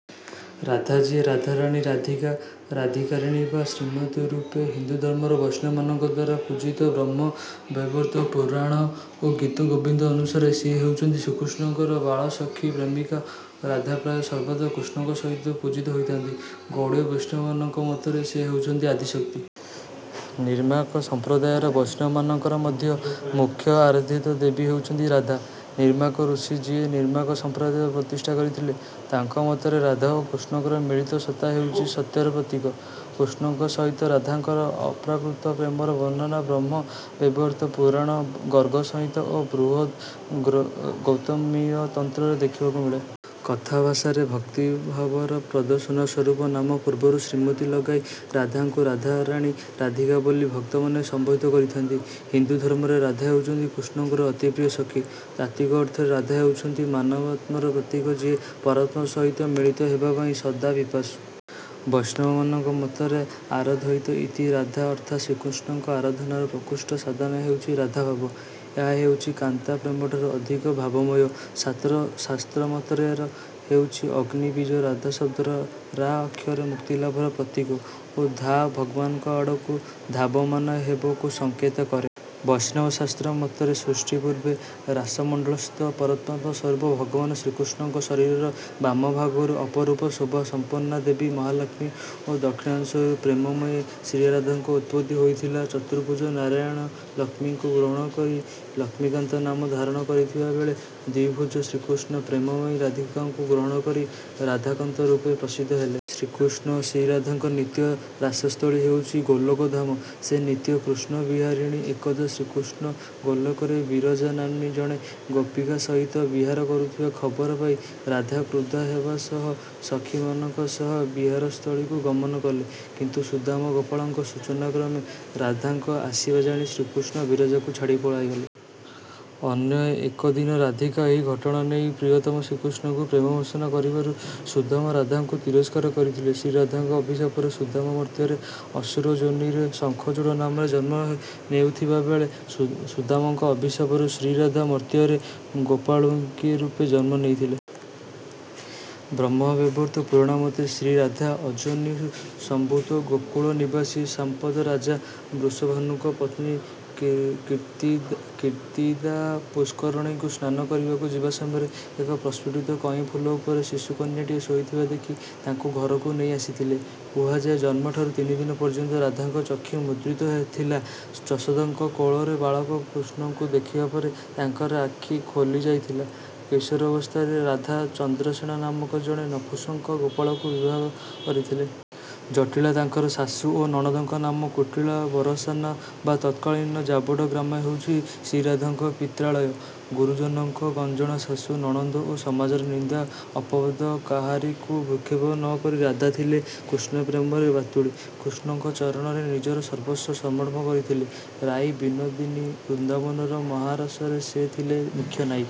ରାଧା ଯିଏ ରାଧାରାଣୀ ରାଧିକା ରାଧୀକାରାଣୀ ବା ଶ୍ରୀମତୀ ରୂପେ ହିନ୍ଦୁଧର୍ମର ବୈଷ୍ଣବମାନଙ୍କଦ୍ୱାରା ପୂଜିତା ବ୍ରହ୍ମ ବୈବର୍ତ ପୁରାଣ ଓ ଗୀତ ଗୋବିନ୍ଦ ଅନୁସାରେ ସିଏ ହେଉଛନ୍ତି ଶ୍ରୀକୃଷ୍ଣଙ୍କର ବାଳସଖି ପ୍ରେମିକା। ରାଧା ପ୍ରାୟ ସର୍ବଦା କୃଷ୍ଣଙ୍କ ସହିତ ପୂଜିତା ହୋଇଥାନ୍ତି। ଗୌଡ଼ୀୟ ବୈଷ୍ଣବମାନଙ୍କ ମତରେ ସେ ହେଉଛନ୍ତି ଆଦିଶକ୍ତି। ନିମାର୍କ ସମ୍ପ୍ରଦାୟର ବୈଷ୍ଣବମାନଙ୍କର ମଧ୍ୟ ମୂଖ୍ୟ ଆରାଧିତ ଦେବୀ ହେଉଛନ୍ତି ରାଧା। ନିମାର୍କ ଋଷି ଯିଏ ନିମାର୍କ ସମ୍ପ୍ରଦାୟ ପ୍ରତିଷ୍ଠା କରିଥିଲେ ତାଙ୍କ ମତରେ ରାଧା ଓ କୃଷ୍ଣଙ୍କର ମିଳିତ ସତ୍ତା ହେଉଛି ସତ୍ୟର ପ୍ରତୀକ। କୃଷ୍ଣଙ୍କ ସହିତ ରାଧାଙ୍କର ଅପ୍ରାକୃତ ପ୍ରେମର ବର୍ଣ୍ଣନା ବ୍ରହ୍ମ ବେବର୍ତ ପୁରାଣ ଗର୍ଗ ସଂହିତ ଓ ବୃହଦ୍ ଗୌତମୀୟ ତନ୍ତ୍ରରେ ଦେଖିବାକୁ ମିଳେ। କଥାଭାଷାରେ ଭକ୍ତିଭାବର ପ୍ରଦର୍ଶନ ସ୍ୱରୂପ ନାମ ପୂର୍ବରୁ ଶ୍ରୀମତୀ ଲାଗାଇ ରାଧାଙ୍କୁ ରାଧାରାଣୀ ରାଧିକା ବୋଲି ଭକ୍ତମାନେ ସମ୍ବୋଧିତ କରିଥାନ୍ତି। ହିନ୍ଦୁଧର୍ମରେ ରାଧା ହେଉଛନ୍ତି କୃଷ୍ଣଙ୍କର ଅତିପ୍ରିୟ ସଖି। ତାତ୍ୱିକ ଅର୍ଥରେ ରାଧା ହେଉଛନ୍ତି ମାନବାତ୍ମାର ପ୍ରତୀକ ଯିଏ ପରମାତ୍ମା ସହିତ ମିଳିତ ହେବାପାଇଁ ସଦା ପିପାସୁ। ବୈଷ୍ଣବମାନଙ୍କ ମତରେ ଆରାଧୟତି ଇତି ରାଧା ଅର୍ଥାତ ଶ୍ରୀକୃଷ୍ଣଙ୍କ ଆରାଧନାର ପ୍ରକୃଷ୍ଟ ସାଧନ ହେଉଛି ରାଧା ଭାବ। ଏହା ହେଉଛି କାନ୍ତା ପ୍ରେମଠାରୁ ଅଧିକ ଭାବମୟ। ଶାସ୍ତ୍ର ମତରେ ର ହେଉଛି ଅଗ୍ନି ବୀଜ ରାଧା ଶବ୍ଦର ରା ଅକ୍ଷର ମୁକ୍ତିଲାଭର ପ୍ରତୀକ ଓ ଧା ଭଗବାନଙ୍କ ଆଡକୁ ଧାବମାନ ହେବକୁ ସଙ୍କେତ କରେ। ବୈଷ୍ଣବ ଶାସ୍ତ୍ର ମତରେ ସୃଷ୍ଟି ପୂର୍ବେ ରାସମଣ୍ଡଳସ୍ଥ ପରମାତ୍ମା ସ୍ୱରୂପ ଭଗବାନ ଶ୍ରୀକୃଷ୍ଣଙ୍କ ଶରୀରର ବାମ ଭାଗରୁ ଅପରୂପ ଶୋଭା ସମ୍ପନ୍ନା ଦେବୀ ମହାଲକ୍ଷ୍ମୀ ଓ ଦକ୍ଷିଣାଂଶରୁ ପ୍ରେମମୟୀ ଶ୍ରୀରାଧାଙ୍କ ଉତ୍ପତ୍ତି ହୋଇଥିଲା ଚତୁର୍ଭୁଜ ନାରାୟଣ ଲକ୍ଷ୍ମୀଙ୍କୁ ଗ୍ରହଣ କରି ଲକ୍ଷ୍ମୀକାନ୍ତ ନାମ ଧାରଣ କରିଥିବା ବେଳେ ଦ୍ୱିଭୁଜ ଶ୍ରୀକୃଷ୍ଣ ପ୍ରେମମୟୀ ରାଧିକାଙ୍କୁ ଗ୍ରହଣ କରି ରାଧକାନ୍ତ ରୂପେ ପ୍ରସିଦ୍ଧ ହେଲେ। ଶ୍ରୀକୃଷ୍ଣ ଓ ଶ୍ରୀରାଧଙ୍କ ନିତ୍ୟ ରାସସ୍ଥଳୀ ହେଉଛି ଗୋଲୋକ ଧାମ ସେ ନିତ୍ୟ କୃଷ୍ଣ ବିହାରିଣୀ ଏକଦା ଶ୍ରୀକୃଷ୍ଣ ଗୋଲୋକରେ ବିରଜା ନାମ୍ନୀ ଜଣେ ଗୋପୀକା ସହିତ ବିହାର କରୁଥିବା ଖବର ପାଇ ରାଧା କ୍ରୁଧା ହେବା ସହ ସଖିମାନଙ୍କ ସହ ବିହାରସ୍ଥଳୀକୁ ଗମନ କଲେ କିନ୍ତୁ ସୁଦାମ ଗୋପାଳଙ୍କ ସୂଚନାକ୍ରମେ ରାଧାଙ୍କ ଆସିବା ଜାଣି ଶ୍ରୀକୃଷ୍ଣ ବିରଜାଙ୍କୁ ଛାଡି ପଳାଇଗଲେ। ଅନ୍ୟ ଏକଦିନ ରାଧିକା ଏହି ଘଟଣା ନେଇ ପ୍ରିୟତମ ଶ୍ରୀକୃଷ୍ଣଙ୍କୁ ପ୍ରେମ ଭର୍ତ୍ସନା କରିବାରୁ ସୁଦାମ ରାଧାଙ୍କୁ ତିରସ୍କାର କରିଥିଲେ ଶ୍ରୀରାଧାଙ୍କ ଅଭିଶାପରେ ସୁଦାମ ମର୍ତ୍ତ୍ୟରେ ଅସୁର ଯୋନିରେ ଶଙ୍ଖଚୂଡ଼ ନାମରେ ଜନ୍ମ ନେଇଥିବା ବେଳେ ସୁଦାମଙ୍କ ଅଭିଶାପରୁ ଶ୍ରୀରାଧା ମର୍ତ୍ତ୍ୟରେ ଗୋପାଳୁଙ୍କି ରୂପେ ଜନ୍ମ ନେଇଥିଲେ। ବ୍ରହ୍ମବୈବର୍ତ୍ତ ପୁରାଣ ମତେ ଶ୍ରୀରାଧା ଅଯୋନିରୁ ସମ୍ଭୂତ ଗୋକୁଳ ନିବାସୀ ସାମ୍ପଦ ରାଜ ବୃଷଭାନୁଙ୍କ ପତ୍ନୀ କୀର୍ତ୍ତି କୀର୍ତ୍ତିଦା ପୁଷ୍କରଣୀକୁ ସ୍ନାନ କରିବାକୁ ଯିବା ସମୟରେ ଏକ ପ୍ରସ୍ଫୁଟିତ କଇଁ ଫୁଲ ଉପରେ ଶିଶୁକନ୍ୟାଟିଏ ଶୋଇଥିବା ଦେଖି ତାକୁ ଘରକୁ ନେଇ ଆସିଥିଲେ। କୁହାଯାଏ ଜନ୍ମଠାରୁ ତିନିଦିନ ପର୍ଯ୍ୟନ୍ତ ରାଧାଙ୍କ ଚକ୍ଷୁ ମୁଦ୍ରିତ ଥିଲା ଯଶୋଦାଙ୍କ କୋଳରେ ବାଳକ କୃଷ୍ଣଙ୍କୁ ଦେଖିବା ପରେ ତାଙ୍କର ଆଖି ଖୋଲିଯାଇଥିଲା କୈଶୋରାବସ୍ଥାରେ ରାଧା ଚନ୍ଦ୍ରସେଣା ନାମକ ଜଣେ ନପୁସଂକ ଗୋପାଳଙ୍କୁ ବିବାହ କରିଥିଲେ। ଜଟିଳା ତାଙ୍କର ଶାଶୁ ଓ ନଣନ୍ଦଙ୍କ ନାମ କୁଟିଳା ବରସାନା ବା ତତ୍କାଳୀନ ଯାବଟ ଗ୍ରାମ ହେଉଛି ଶ୍ରୀରାଧାଙ୍କ ପିତ୍ରାଳୟ। ଗୁରୁଜନଙ୍କ ଗଞ୍ଜଣା ଶାଶୁ ନଣନ୍ଦ ଓ ସମାଜର ନିନ୍ଦା ଅପବାଦ କାହାରିକୁ ଭ୍ରୂକ୍ଷେପ ନକରି ରାଧା ଥିଲେ କୃଷ୍ଣପ୍ରେମରେ ବାତୁଳୀ କୃଷ୍ଣଙ୍କ ଚରଣରେ ନିଜର ସର୍ବସ୍ୱ ସମର୍ପଣ କରିଥିଲେ ରାଇ ବିନୋଦିନୀ ବୃନ୍ଦାବନର ମହାରାସରେ ସେ ଥିଲେ ମୁଖ୍ୟ ନାୟି।